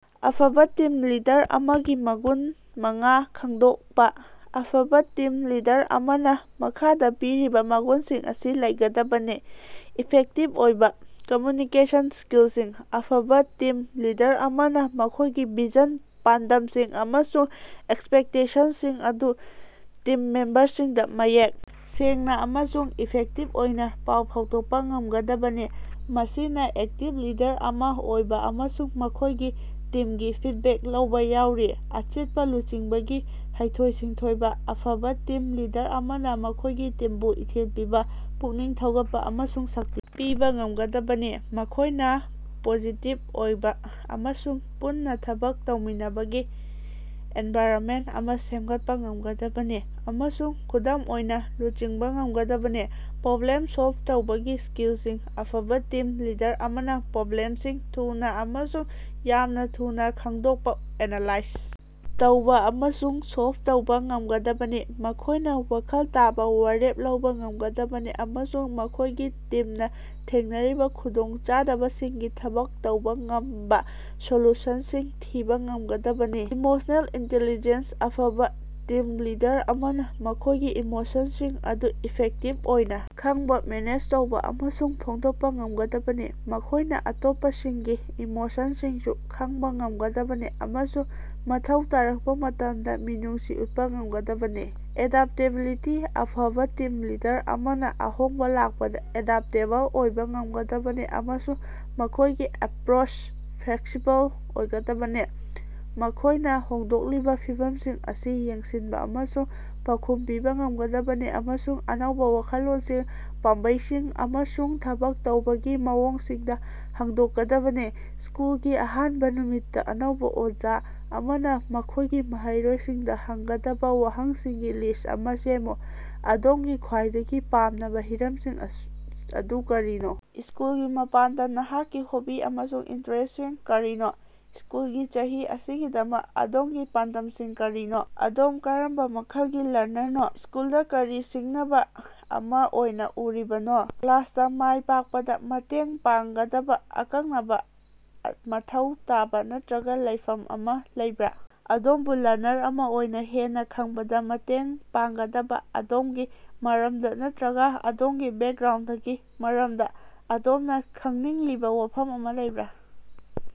ꯑꯐꯕꯥ team leader ꯑꯃꯒꯤ ꯃꯒꯨꯟ ꯃꯉꯥ ꯈꯡꯗꯣꯛꯄ꯫ ꯑꯐꯕ ꯇꯤꯝ ꯂꯤꯗꯔ ꯑꯃꯅ ꯃꯈꯥꯗ ꯄꯤꯔꯤꯕ ꯃꯒꯨꯟꯁꯤꯡ ꯑꯁꯤ ꯂꯩꯒꯗꯕꯅꯤ: ꯏꯐꯦꯛꯇꯤꯚ ꯑꯣꯏꯕꯥ ꯀꯝꯃ꯭ꯌꯨꯅꯤꯀꯦꯁꯟ ꯁ꯭ꯀꯤꯜꯁꯤꯡ: ꯑꯐꯕ ꯇꯤꯝ ꯂꯤꯗꯔ ꯑꯃꯅ ꯃꯈꯣꯢꯒꯤ ꯚꯤꯖꯟ, ꯄꯥꯟꯗꯝꯁꯤꯡ ꯑꯃꯁꯨꯡ ꯑꯦꯛꯁꯄꯦꯛꯇꯦꯁꯟꯁꯤꯡ ꯑꯗꯨ ꯇꯤꯝ ꯃꯦꯝꯕꯔꯁꯤꯡꯗ ꯃꯌꯦꯛ ꯁꯦꯡꯅ ꯑꯃꯁꯨꯡ ꯏꯐꯦꯛꯇꯤꯚ ꯑꯣꯏꯅ ꯄꯥꯎ ꯐꯥꯎꯗꯣꯛꯄ ꯉꯝꯒꯗꯕꯅꯤ꯫ ꯃꯁꯤꯅ ꯑꯦꯛꯇꯤꯕ ꯂꯤꯗꯔ ꯑꯃ ꯑꯣꯏꯕ ꯑꯃꯁꯨꯡ ꯃꯈꯣꯢꯒꯤ ꯇꯤꯝꯗꯒꯤ ꯐꯤꯗꯕꯦꯛ ꯂꯧꯕꯥ ꯌꯥꯎꯔꯤ꯫ ꯑꯆꯦꯠꯄ ꯂꯨꯆꯤꯡꯕꯒꯤ ꯍꯩꯊꯣꯏ-ꯁꯤꯡꯊꯣꯏꯕꯥ: ꯑꯐꯕ ꯇꯤꯝ ꯂꯤꯗꯔ ꯑꯃꯅ ꯃꯈꯣꯢꯒꯤ ꯇꯤꯝꯕꯨ ꯏꯊꯤꯜ ꯄꯤꯕꯥ ꯄꯨꯛꯅꯤꯡ ꯊꯧꯒꯠꯄ ꯑꯃꯁꯨꯡ ꯁꯛꯇꯤ ꯄꯤꯕ ꯉꯝꯒꯗꯕꯅꯤ꯫ ꯃꯈꯣꯢꯅ ꯄꯣꯖꯤꯇꯤꯕ ꯑꯣꯏꯕ ꯑꯃꯁꯨꯡ ꯄꯨꯟꯅ ꯊꯕꯛ ꯇꯧꯃꯤꯟꯅꯕꯒꯤ ꯑꯦꯟꯚꯥꯏꯔꯅꯃꯦꯟꯇ ꯑꯃ ꯁꯦꯝꯒꯠꯄ ꯉꯝꯒꯗꯕꯅꯤ ꯑꯃꯁꯨꯡ ꯈꯨꯗꯝ ꯑꯣꯏꯅ ꯂꯨꯆꯤꯡꯕ ꯉꯝꯒꯗꯕꯅꯤ꯫ ꯄ꯭ꯔꯣꯕ꯭ꯂꯦꯝ ꯁꯣꯜꯕ ꯇꯧꯕꯒꯤ ꯁ꯭ꯀꯤꯜꯁꯤꯡ: ꯑꯐꯕ ꯇꯤꯝ ꯂꯤꯗꯔ ꯑꯃꯅ ꯄ꯭ꯔꯣꯕ꯭ꯂꯦꯝꯁꯤꯡ ꯊꯨꯅ ꯑꯃꯁꯨꯡ ꯌꯥꯝꯅ ꯊꯨꯅ ꯈꯪꯗꯣꯛꯄ ꯑꯦꯅꯥꯂꯥꯏꯖ ꯇꯧꯕ ꯑꯃꯁꯨꯡ ꯁꯣꯜꯕ ꯇꯧꯕ ꯉꯝꯒꯗꯕꯅꯤ꯫ ꯃꯈꯣꯢꯅ ꯋꯥꯈꯜ ꯇꯥꯕ ꯋꯥꯔꯦꯞ ꯂꯧꯕ ꯉꯝꯒꯗꯕꯅꯤ ꯑꯃꯁꯨꯡ ꯃꯈꯣꯢꯒꯤ ꯇꯤꯝꯅ ꯊꯦꯡꯅꯔꯤꯕ ꯈꯨꯗꯣꯡꯆꯥꯗꯕꯁꯤꯡꯒꯤ ꯊꯕꯛ ꯇꯧꯕꯥ ꯉꯝꯕꯥ ꯁꯣꯂꯨꯁꯟꯁꯤꯡ ꯊꯤꯕ ꯉꯝꯒꯗꯕꯅꯤ꯫ ꯏꯃꯣꯁꯅꯦꯜ ꯏꯟꯇꯦꯂꯤꯖꯦꯟꯁ: ꯑꯐꯕ ꯇꯤꯝ ꯂꯤꯗꯔ ꯑꯃꯅ ꯃꯈꯣꯢꯒꯤ ꯏꯃꯣꯁꯟꯁꯤꯡ ꯑꯗꯨ ꯏꯐꯦꯛꯇꯤꯕ ꯑꯣꯏꯅ ꯈꯪꯕꯥ ꯃꯦꯅꯦꯖ ꯇꯧꯕ ꯑꯃꯁꯨꯡ ꯐꯣꯡꯗꯣꯛꯄ ꯉꯝꯒꯗꯕꯅꯤ꯫ ꯃꯈꯣꯢꯅ ꯑꯇꯣꯞꯄꯁꯤꯡꯒꯤ ꯏꯃꯣꯁꯟꯁꯤꯡꯁꯨ ꯈꯪꯕ ꯉꯝꯒꯗꯕꯅꯤ ꯑꯃꯁꯨꯡ ꯃꯊꯧ ꯇꯥꯔꯛꯄ ꯃꯇꯝꯗ ꯃꯤꯅꯨꯡꯁꯤ ꯎꯠꯄꯥ ꯉꯝꯒꯗꯕꯅꯤ꯫ ꯑꯦꯗꯥꯞꯇꯦꯕꯤꯂꯤꯇꯤ: ꯑꯐꯕ ꯇꯤꯝ ꯂꯤꯗꯔ ꯑꯃꯅ ꯑꯍꯣꯡꯕ ꯂꯥꯛꯄꯗ ꯑꯦꯗꯞꯇꯦꯕꯜ ꯑꯣꯏꯕ ꯉꯝꯒꯗꯕꯅꯤ ꯑꯃꯁꯨꯡ ꯃꯈꯣꯢꯒꯤ ꯑꯦꯄ꯭ꯔꯣꯆꯇ ꯐ꯭ꯂꯦꯛꯁꯤꯕꯜ ꯑꯣꯏꯒꯗꯕꯅꯤ꯫ ꯃꯈꯣꯢꯅ ꯍꯣꯡꯂꯛꯂꯤꯕ ꯐꯤꯚꯝꯁꯤꯡ ꯑꯁꯤ ꯌꯦꯡꯁꯤꯟꯕ ꯑꯃꯁꯨꯡ ꯄꯥꯎꯈꯨꯝ ꯄꯤꯕꯥ ꯉꯝꯒꯗꯕꯅꯤ ꯑꯃꯁꯨꯡ ꯑꯅꯧꯕꯥ ꯋꯥꯈꯜꯂꯣꯟꯁꯤꯡ, ꯄꯥꯝꯕꯩꯁꯤꯡ ꯑꯃꯁꯨꯡ ꯊꯕꯛ ꯇꯧꯕꯒꯤ ꯃꯑꯣꯡꯁꯤꯡꯗ ꯍꯥꯡꯗꯣꯛꯀꯗꯕꯅꯤ꯫ ꯁ꯭ꯀꯨꯜꯒꯤ ꯑꯍꯥꯟꯕ ꯅꯨꯃꯤꯠꯇ ꯑꯅꯧꯕ ꯑꯣꯖꯥ ꯑꯃꯅ ꯃꯈꯣꯢꯒꯤ ꯃꯍꯩꯔꯣꯢꯁꯤꯡꯗ ꯍꯪꯒꯗꯕ ꯋꯥꯍꯪꯁꯤꯡꯒꯤ ꯂꯤꯁ꯭ꯠ ꯑꯃꯥ ꯁꯦꯝꯃꯨ꯫ ꯑꯗꯣꯝꯒꯤ ꯈ꯭ꯋꯥꯏꯗꯒꯤ ꯄꯥꯝꯅꯕ ꯍꯤꯔꯝꯁꯤꯡ ꯑꯗꯨ ꯀꯔꯤꯅꯣ? ꯁ꯭ꯀꯨꯜꯒꯤ ꯃꯄꯥꯟꯗ ꯅꯍꯥꯛꯀꯤ ꯍꯣꯕꯤ ꯑꯃꯁꯨꯡ ꯏꯟꯇꯔꯦꯁ꯭ꯇꯁꯤꯡ ꯀꯔꯤꯅꯣ? ꯁ꯭ꯀꯨꯜꯒꯤ ꯆꯍꯤ ꯑꯁꯤꯒꯤꯗꯃꯛ ꯑꯗꯣꯝꯒꯤ ꯄꯥꯟꯗꯝꯁꯤꯡ ꯀꯔꯤꯅꯣ? ꯑꯗꯣꯝ ꯀꯔꯝꯕ ꯃꯈꯜꯒꯤ ꯂꯔꯅꯔꯅꯣ? ꯁ꯭ꯀꯨꯜꯗ ꯀꯔꯤ ꯁꯤꯡꯅꯕ ꯑꯃꯥ ꯑꯣꯏꯅ ꯎꯔꯤꯕꯒꯦ? ꯀ꯭ꯂꯥꯁꯇ ꯃꯥꯢ ꯄꯥꯛꯄꯗ ꯃꯇꯦꯡ ꯄꯥꯡꯒꯗꯕ ꯑꯀꯛꯅꯕ ꯃꯊꯧ ꯇꯥꯕ ꯅꯠꯇ꯭ꯔꯒ ꯂꯩꯐꯝ ꯑꯃꯥ ꯂꯩꯕꯔꯥ? ꯑꯗꯣꯝꯕꯨ ꯂꯔꯅꯔ ꯑꯃ ꯑꯣꯏꯅ ꯍꯦꯟꯅ ꯈꯪꯕꯗꯥ ꯃꯇꯦꯡ ꯄꯥꯡꯒꯗꯕ ꯑꯗꯣꯝꯒꯤ ꯃꯔꯝꯗ ꯅꯠꯇ꯭ꯔꯒ ꯑꯗꯣꯝꯒꯤ ꯕꯦꯛꯒ꯭ꯔꯥꯎꯟꯗꯒꯤ ꯃꯔꯝꯗ ꯑꯗꯣꯝꯅ ꯈꯪꯅꯤꯡꯂꯤꯕ ꯋꯥꯐꯝ ꯑꯃꯥ ꯂꯩꯕꯔꯥ?